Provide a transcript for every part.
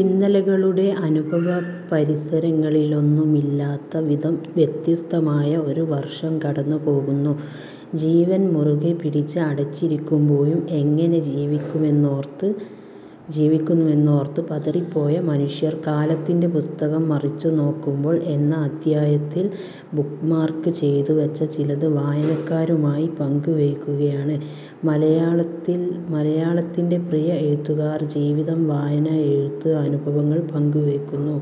ഇന്നലെകളുടെ അനുഭവപരിസരങ്ങളിലൊന്നുമില്ലാത്ത വിധം വ്യത്യസ്തമായ ഒരു വർഷം കടന്നുപോകുന്നു. ജീവൻ മുറുകെ പിടിച്ച് അടച്ചിരിക്കുമ്പോഴും എങ്ങനെ ജീവിക്കുമെന്നോർത്ത് പതറിപ്പോയ മനുഷ്യർ. കാലത്തിന്റെ പുസ്തകം മറിച്ചുനോക്കുമ്പോൾ എന്ന അധ്യായത്തിൽ ' ബുക്മാർക്ക് ' ചെയ്തു വച്ച ചിലത് വായനക്കാരുമായി പങ്കുവയ്ക്കുകയാണ് മലയാളത്തിന്റെ പ്രിയ എഴുത്തുകാർ. ജീവിതം, വായന, എഴുത്ത് അനുഭവങ്ങൾ പങ്കുവയ്ക്കുന്നു.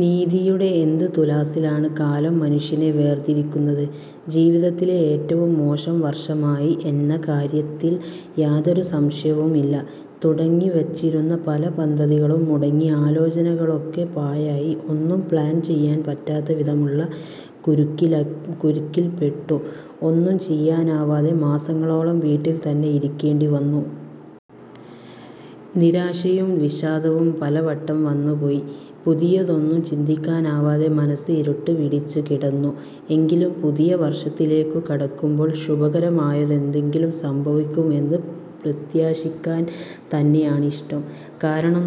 നീതിയുടെ എന്ത് തുലാസിലാണ്, കാലം മനുഷ്യനെ വേർതിരിക്കുന്നത്? ജീവിതത്തിലെ ഏറ്റവും മോശം വർഷമായി എന്ന കാര്യത്തിൽ യാതൊരു സംശയവുമില്ല. തുടങ്ങിവച്ചിരുന്ന പല പദ്ധതികളും മുടങ്ങി. ആലോചനകളൊക്കെ പാഴായി. ഒന്നും പ്ലാൻ ചെയ്യാൻ പറ്റാത്തവിധമുള്ള കുരുക്കില്പെട്ടു. ഒന്നും ചെയ്യാനാവാതെ മാസങ്ങളോളം വീട്ടിൽ തന്നെ ഇരിക്കേണ്ടി വന്നു. നിരാശയും വിഷാദവും പലവട്ടം വന്നുപോയി. പുതിയതൊന്നും ചിന്തിക്കാനാവാതെ മനസ്സ് ഇരുട്ടുപിടിച്ചുകിടന്നു. എങ്കിലും പുതിയ വർഷത്തിലേക്കു കടക്കുമ്പോൾ ശുഭകരമായതെന്തെങ്കിലും സംഭവിക്കും എന്നു പ്രത്യാശിക്കാൻ തന്നെയാണിഷ്ടം. കാരണം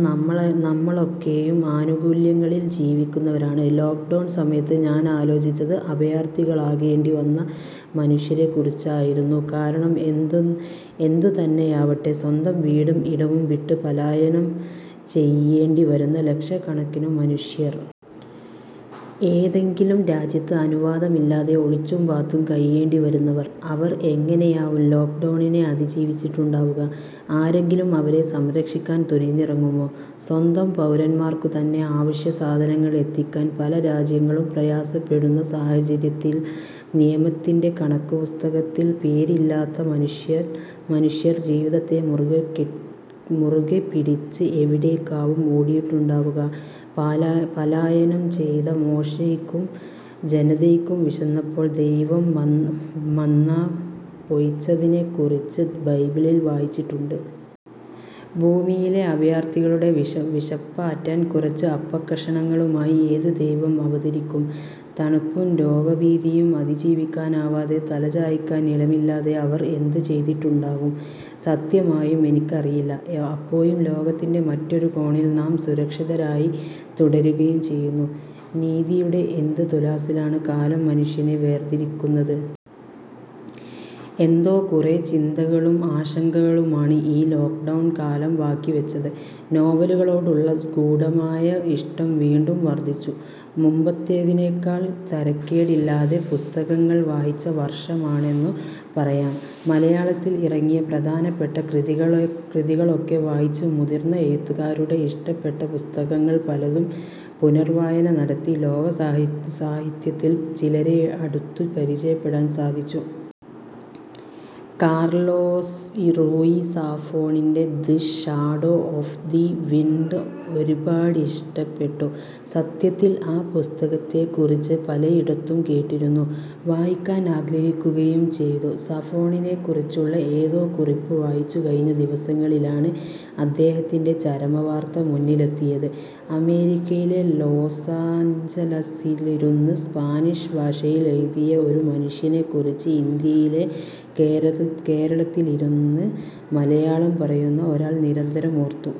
നമ്മളൊക്കെയും ആനുകൂല്യങ്ങളിൽ ജീവിക്കുന്നവരാണ്. ലോക്ഡൗണ് സമയത്ത്, ഞാനാലോചിച്ചത് അഭയാർത്തികളാകേണ്ടി വന്ന മനുഷ്യരെക്കുറിച്ചായിരുന്നു. കാരണം എന്തുതന്നെയാവട്ടെ, സ്വന്തം വീടും ഇടവും വിട്ട് പലായനം ചെയ്യേണ്ടിവരുന്ന ലക്ഷക്കണക്കിനു മനുഷ്യർ. ഏതെങ്കിലും രാജ്യത്ത് അനുവാദമില്ലാതെ, ഒളിച്ചും പാത്തും കഴിയേണ്ടിവരുന്നവർ. അവർ എങ്ങനെയാവും ലോക്ഡൗണിനെ അതിജീവിച്ചിട്ടുണ്ടാവുക? ആരെങ്കിലും അവരെ സംരക്ഷിക്കാൻ തുനിഞ്ഞിറങ്ങുമോ? സ്വന്തം പൗരന്മാർക്കു തന്നെ അവശ്യസാധനങ്ങളെത്തിക്കാൻ പല രാജ്യങ്ങളും പ്രയാസപ്പെടുന്ന സാഹചര്യത്തിൽ, നിയമത്തിന്റെ കണക്കുപുസ്തകത്തിൽ പേരില്ലാത്ത മനുഷ്യർ ജീവിതത്തെ മുറുകെപ്പിടിച്ച് എവിടേക്കാവും ഓടിയിട്ടുണ്ടാവുക? പലായനം ചെയ്ത മോശയ്ക്കും ജനതയ്ക്കും വിശന്നപ്പോൾ ദൈവം മന്നാ പൊഴിച്ചതിനെക്കുറിച്ച് ബൈബിളിൽ വായിച്ചിട്ടുണ്ട്. ഭൂമിയിലെ അഭയാർഥികളുടെ വിശപ്പാറ്റാൻ കുറച്ച് അപ്പക്കഷണങ്ങളുമായി ഏതു ദൈവം അവതരിക്കും? തണുപ്പും രോഗഭീതിയും അതിജീവിക്കാനാവാതെ, തലചായ്ക്കാൻ ഇടമില്ലാതെ അവർ എന്തു ചെയ്തിട്ടുണ്ടാകും? സത്യമായും എനിക്കറിയില്ല. അപ്പോഴും ലോകത്തിന്റെ മറ്റൊരു കോണിൽ നാം സുരക്ഷിതരായി തുടരുകയും ചെയ്യുന്നു. നീതിയുടെ എന്ത് തുലാസിലാണ് കാലം മനുഷ്യനെ വേർതിരിക്കുന്നത്? എന്തോ, കുറേ ചിന്തകളും ആശങ്കകളുമാണ് ഈ ലോക്ഡൗൺ കാലം ബാക്കിവച്ചത്. നോവലുകളോടുള്ള ഗൂഢമായ ഇഷ്ടം വീണ്ടും വർധിച്ചു മുമ്പത്തേതിനേക്കാൾ തരക്കേടില്ലാതെ പുസ്തകങ്ങൾ വായിച്ച വർഷമാണെന്നു പറയാം. മലയാളത്തിൽ ഇറങ്ങിയ പ്രധാനപ്പെട്ട കൃതികളൊക്കെ വായിച്ചു. മുതിർന്ന എഴുത്തുകാരുടെ, ഇഷ്ടപ്പെട്ട പുസ്തകങ്ങൾ പലതും പുനർവായന നടത്തി. ലോക സാഹിത്യത്തിലെ ചിലരെ അടുത്തു പരിചയപ്പെടാൻ സാധിച്ചു. കാർലോസ് റൂയി സാഫോണിന്റെ the shadow of the wind ഒരുപാടിഷ്ടപ്പെട്ടു. സത്യത്തിൽ ആ പുസ്തകത്തെക്കുറിച്ച് പലയിടത്തും കേട്ടിരുന്നു. വായിക്കാൻ ആഗ്രഹിക്കുകയും ചെയ്തു. സാഫോണിനെക്കുറിച്ചുള്ള ഏതോ കുറിപ്പ് വായിച്ചു കഴിഞ്ഞ ദിവസങ്ങളിലാണ്, അദ്ദേഹത്തിന്റെ ചരമവാർത്ത മുന്നിലെത്തിയത്. അമേരിക്കയിലെ ലൊസാഞ്ചലസിലിരുന്ന് സ്പാനിഷ് ഭാഷയിൽ എഴുതിയെ ഒരു മനുഷ്യനെക്കുറിച്ച്, ഇന്ത്യയിലെ കേരളത്തിലിരുന്ന് മലയാളം പറയുന്ന ഒരാൾ നിരന്തരം ഓർത്തു.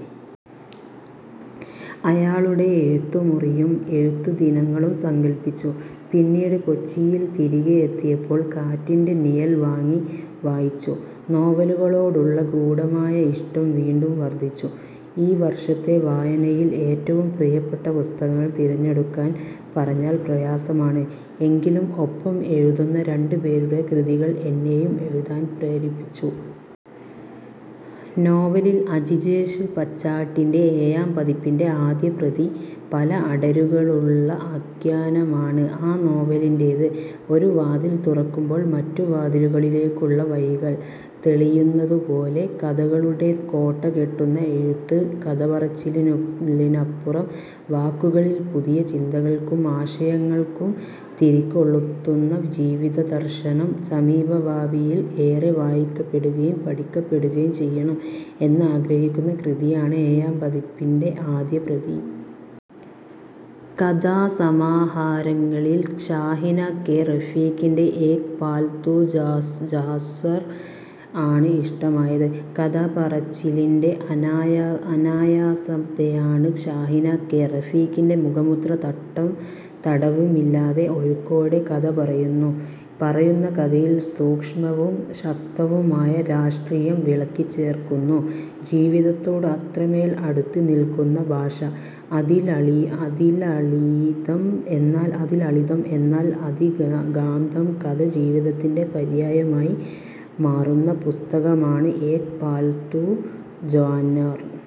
അയാളുടെ എഴുത്തുമുറിയും എഴുത്തുദിനങ്ങളും സങ്കല്പിച്ചു. പിന്നീട്, കൊച്ചിയിൽ തിരികെയെത്തിയപ്പോൾ ' കാറ്റിന്റെ നിഴൽ ' വാങ്ങി, വായിച്ചു. നോവലുകളോടുള്ള ഗൂഢമായ ഇഷ്ടം വീണ്ടും വർധിച്ചു. ഈ വർഷത്തെ വായനയിൽ ഏറ്റവും പ്രിയപ്പെട്ട പുസ്തകങ്ങൾ തിരഞ്ഞെടുക്കാൻ പറഞ്ഞാൽ പ്രയാസമാണ്. എങ്കിലും ഒപ്പം എഴുതുന്ന രണ്ടുപേരുടെ കൃതികൾ എന്നെയും എഴുതാൻ പ്രേരിപ്പിച്ചു. നോവലിൽ അജിജേഷ് പച്ചാട്ടിന്റെ ഏഴാം പതിപ്പിന്റെ ആദ്യപ്രതി. പല അടരുകളുള്ള ആഖ്യാനമാണ് ആ നോവലിന്റേത്. ഒരു വാതിൽ തുറക്കുമ്പോൾ മറ്റു വാതിലുകളിലേക്കുള്ള വഴികൾ തെളിയുന്നതുപോലെ, കഥകളുടെ കോട്ട കെട്ടുന്ന എഴുത്ത്. കഥപറച്ചിലിനപ്പുറം വാക്കുകളിൽ പുതിയ ചിന്തകൾക്കും ആശയങ്ങൾക്കും തിരികൊളുത്തുന്ന ജീവിതദർശനം. സമീപഭാവിയിൽ ഏറെ വായിക്കപ്പെടുകയും പഠിക്കപ്പെടുകയും ചെയ്യണം എന്നാഗ്രഹിക്കുന്ന കൃതിയാണ് ഏഴാം പതിപ്പിന്റെ ആദ്യപ്രതി. കഥാസമാഹാരങ്ങളിൽ ഷാഹിന കെ. റഫീഖിന്റെ ഏക് പാല്തൂ ജാന്വർ ആണ് ഇഷ്ടമായത്. കഥപറച്ചിലിന്റെ അനായാസതയാണ് ഷാഹിന കെ. റഫീഖിന്റെ മുഖമുദ്ര. തട്ടും തടവുമില്ലാതെ, ഒഴുക്കോടെ കഥപറയുന്നു. പറയുന്ന കഥയിൽ സൂക്ഷ്മവും ശക്തവുമായ രാഷ്ട്രീയം വിളക്കിച്ചേർക്കുന്നു. ജീവിതത്തോട് അത്രമേൽ അടുത്തുനിൽക്കുന്ന ഭാഷ. അതിലളിതം, എന്നാൽ അതിഗാഢം. കഥ ജീവിതത്തിന്റെ പര്യായമായി മാറുന്ന പുസ്തകമാണ് ഏക് പാല്തൂ ജാന്വർ.